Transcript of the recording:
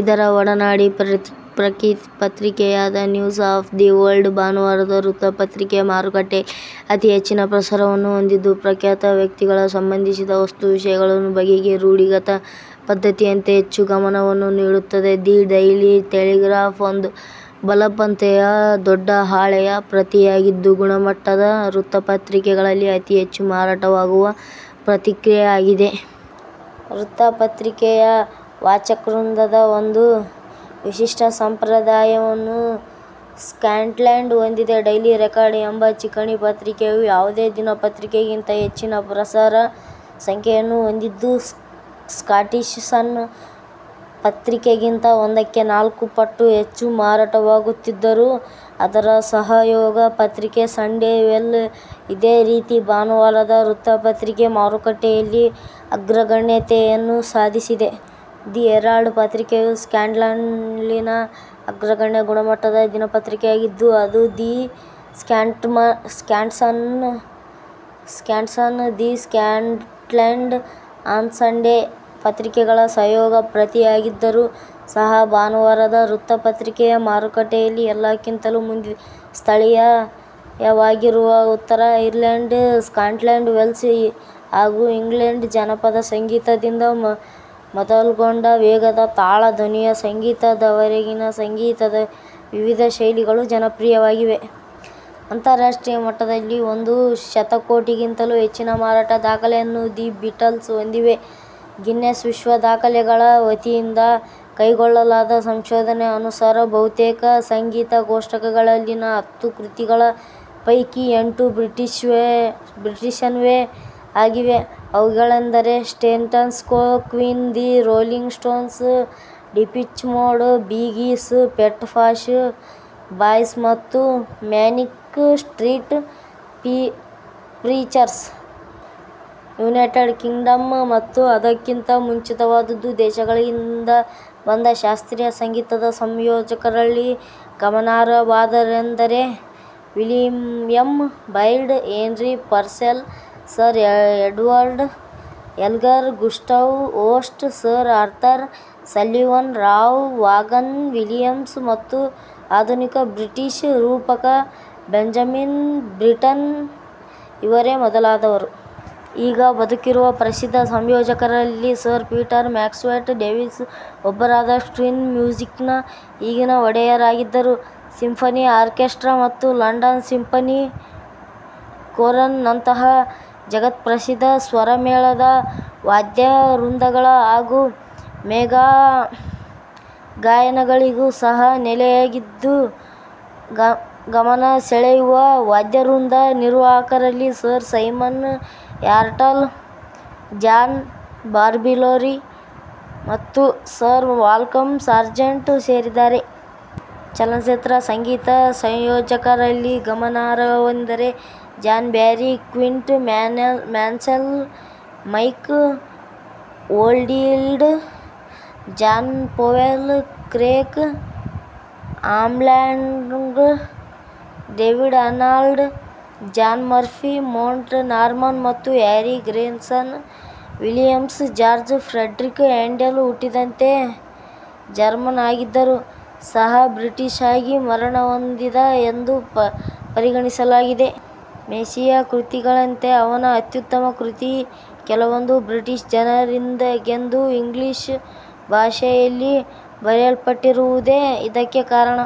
ಇದರ ಒಡನಾಡಿ ಪತ್ರಿಕೆಯಾದ, ನ್ಯೂಸ್ ಆಫ್ ದಿ ವರ್ಲ್ಡ್ ಭಾನುವಾರದ ವೃತ್ತಪತ್ರಿಕೆ ಮಾರುಕಟ್ಟೆಯಲ್ಲಿ ಅತಿ ಹೆಚ್ಚಿನ ಪ್ರಸರಣವನ್ನು ಹೊಂದಿದ್ದು, ಪ್ರಖ್ಯಾತ ವ್ಯಕ್ತಿಗಳಿಗೆ ಸಂಬಂಧಿಸಿದ ವಸ್ತು-ವಿಷಯಗಳ ಬಗೆಗೆ ರೂಢಿಗತ ಪದ್ಧತಿಯಂತೆ ಹೆಚ್ಚು ಗಮನವನ್ನು ನೀಡುತ್ತದೆ. ದಿ ಡೈಲಿ ಟೆಲಿಗ್ರಾಫ್ ಒಂದು ಬಲಪಂಥೀಯ ದೊಡ್ಡಹಾಳೆಯ ಪತ್ರಿಕೆಯಾಗಿದ್ದು, "ಗುಣಮಟ್ಟದ" ವೃತ್ತಪತ್ರಿಕೆಗಳಲ್ಲಿ ಅತಿ ಹೆಚ್ಚು ಮಾರಾಟವಾಗುವ ಪತ್ರಿಕೆಯಾಗಿದೆ. ವೃತ್ತಪತ್ರಿಕೆಯ ವಾಚಕವೃಂದದ ಒಂದು ವಿಶಿಷ್ಟ ಸಂಪ್ರದಾಯವನ್ನು ಸ್ಕಾಟ್ಲೆಂಡ್ ಹೊಂದಿದೆ. ಡೈಲಿ ರೆಕಾರ್ಡ್ ಎಂಬ ಚಿಕಣಿ-ಪತ್ರಿಕೆಯು ಯಾವುದೇ ದಿನಪತ್ರಿಕೆಗಿಂತ ಹೆಚ್ಚಿನ ಪ್ರಸಾರ ಸಂಖ್ಯೆಯನ್ನು ಹೊಂದಿದ್ದು, ಸ್ಕಾಟಿಷ್ ಸನ್ ಪತ್ರಿಕೆಗಿಂತ ಒಂದಕ್ಕೆ ನಾಲ್ಕು ಪಟ್ಟು ಹೆಚ್ಚು ಮಾರಾಟವಾಗುತ್ತಿದ್ದರೆ, ಅದರ ಸಹಯೋಗಿ ಪತ್ರಿಕೆ ಸಂಡೆ ಮೇಲ್ ಇದೇ ರೀತಿಯಲ್ಲಿ ಭಾನುವಾರದ ವೃತ್ತಪತ್ರಿಕೆ ಮಾರುಕಟ್ಟೆಯಲ್ಲಿ ಅಗ್ರಗಣ್ಯತೆಯನ್ನು ಸಾಧಿಸಿದೆ. ದಿ ಹೆರಾಲ್ಡ್ ಪತ್ರಿಕೆಯು ಸ್ಕಾಟ್ಲೆಂಡ್ನಲ್ಲಿನ ಅಗ್ರಗಣ್ಯ "ಗುಣಮಟ್ಟದ" ದಿನಪತ್ರಿಕೆಯಾಗಿದ್ದು, ಅದು the Scotsman, the Scotland on Sunday ಪತ್ರಿಕೆಗಳ ಸಹಯೋಗಿ ಪತ್ರಿಕೆಯಾಗಿದ್ದರೂ ಸಹ, ಭಾನುವಾರದ ವೃತ್ತಪತ್ರಿಕೆ ಮಾರುಕಟ್ಟೆಯಲ್ಲಿ ಎಲ್ಲಕ್ಕಿಂತ ಮುಂದಿದೆ. ಸ್ಥಳೀಯವಾಗಿರುವ, ಉತ್ತರ ಐರ್ಲೆಂಡ್, ಸ್ಕಾಟ್ಲೆಂಡ್, ವೇಲ್ಸ್ ಹಾಗೂ ಇಂಗ್ಲೆಂಡ್ನ ಜಾನಪದ ಸಂಗೀತ ದಿಂದ ಮೊದಲ್ಗೊಂಡು ವೇಗದ ತಾಳ-ಧ್ವನಿಯ ಸಂಗೀತ ದವರೆಗಿನ ಸಂಗೀತದ ವಿವಿಧ ಶೈಲಿಗಳು ಜನಪ್ರಿಯವಾಗಿವೆ. ಅಂತರರಾಷ್ಟ್ರೀಯ ಮಟ್ಟದಲ್ಲಿ ಒಂದು ಶತಕೋಟಿಗಿಂತಲೂ ಹೆಚ್ಚಿನ ಮಾರಾಟ ದಾಖಲೆಯನ್ನು ದಿ ಬೀಟಲ್ಸ್ ಹೊಂದಿವೆ. ಗಿನ್ನೆಸ್ ವಿಶ್ವ ದಾಖಲೆ ಗಳ ವತಿಯಿಂದ ಕೈಗೊಳ್ಳಲಾದ ಸಂಶೋಧನೆಯ ಅನುಸಾರ, ಬಹುತೇಕ ಸಂಗೀತ ಕೋಷ್ಟಕಗಳಲ್ಲಿನ ಹತ್ತು ಕೃತಿಗಳ ಪೈಕಿ ಎಂಟು ಬ್ರಿಟಿಷ್ನವೇ ಆಗಿವೆ. ಅವುಗಳೆಂದರೆ, Status Quo, Queen, the Rolling Stones, Depeche Mode, Bee Gees, Pet Shop Boys ಮತ್ತು Manic Street Preachers. United Kingdom ಮತ್ತು ಅದಕ್ಕಿಂತ ಮುಂಚಿತವಾಗಿದ್ದ ದೇಶಗಳಿಂದ ಬಂದ ಶಾಸ್ತ್ರೀಯ ಸಂಗೀತದ ಸಂಯೋಜಕರಲ್ಲಿ ಗಮನಾರ್ಹವಾದವರೆಂದರೆ, William Byrd, Henry Purcell, Sir Edward Elgar, Gustav Holst, Sir Arthur Sullivan, Ralph Vaughan Williams ಮತ್ತು ಆಧುನಿಕ ಬ್ರಿಟಿಷ್ ರೂಪಕ ಬೆಂಜಮಿನ್ ಬ್ರಿಟ್ಟನ್ ಇವರೇ ಮೊದಲಾದವರು. ಈಗ ಬದುಕಿರುವ ಪ್ರಸಿದ್ಧ ಸಂಯೋಜಕರಲ್ಲಿ ಸರ್ ಪೀಟರ್ ಮ್ಯಾಕ್ಸ್ವೆಲ್ ಡೇವಿಸ್ ಒಬ್ಬರಾಗಿದ್ದು, ಕ್ವೀನ್ಸ್ ಮ್ಯೂಸಿಕ್ನ ಈಗಿನ ಒಡೆಯ ರಾಗಿದ್ದಾರೆ. ಸಿಂಫನಿ ಆರ್ಕೇಸ್ಟ್ರ ಮತ್ತು ಲಂಡನ್ ಸಿಂಫನಿ ಕೋರಸ್ ನಂತಹ ಜಗತ್ ಪ್ರಸಿದ್ಧ ಸ್ವರಮೇಳದ ವಾದ್ಯವೃಂದಗಳು ಹಾಗೂ ಮೇಳಗಾಯನಗಳಿಗೂ ಸಹ ನೆಲೆಯಾಗಿದೆ. ಗಮನ ಸೆಳೆಯುವ ವಾದ್ಯವೃಂದ ನಿರ್ವಾಹಕ ರಲ್ಲಿ Sir Simon Rattle, John Barbirolli ಮತ್ತು ಸರ್ ಮಾಲ್ಕಮ್ ಸಾರ್ಜೆಂಟ್ ಸೇರಿದ್ದಾರೆ. ಚಲನಚಿತ್ರ ಸಂಗೀತ ಸಂಯೋಜಕ ರಲ್ಲಿ ಗಮನಾರ್ಹವಾದವರೆಂದರೆ, John Barry, Clint Mansell, Mike Oldfield, John Powell, Craig Armstrong, David Arnold, John Murphy, Monty Norman ಮತ್ತು Harry Gregson Williams. George Frideric Handel ಹುಟ್ಟಿನಿಂದ ಜರ್ಮನ್ ಆಗಿದ್ದರೂ ಸಹ ಬ್ರಿಟಿಷ್ ಆಗಿ ಮರಣಹೊಂದಿದ ಎಂದು ಪರಿಗಣಿಸಲಾಗಿದೆ. ಮೆಸಿಯಾ ಕೃತಿಯಂತೆಯೇ ಅವನ ಅತ್ಯುತ್ತಮ ಕೃತಿಗಳಲ್ಲಿ ಕೆಲವೊಂದು ಬ್ರಿಟಿಷ್ ಜನ ರಿಗೆಂದೇ ಇಂಗ್ಲಿಷ್ ಭಾಷೆ ಯಲ್ಲಿ ಬರೆಯಲ್ಪಟ್ಟಿರುವುದೇ ಇದಕ್ಕೆ ಕಾರಣ.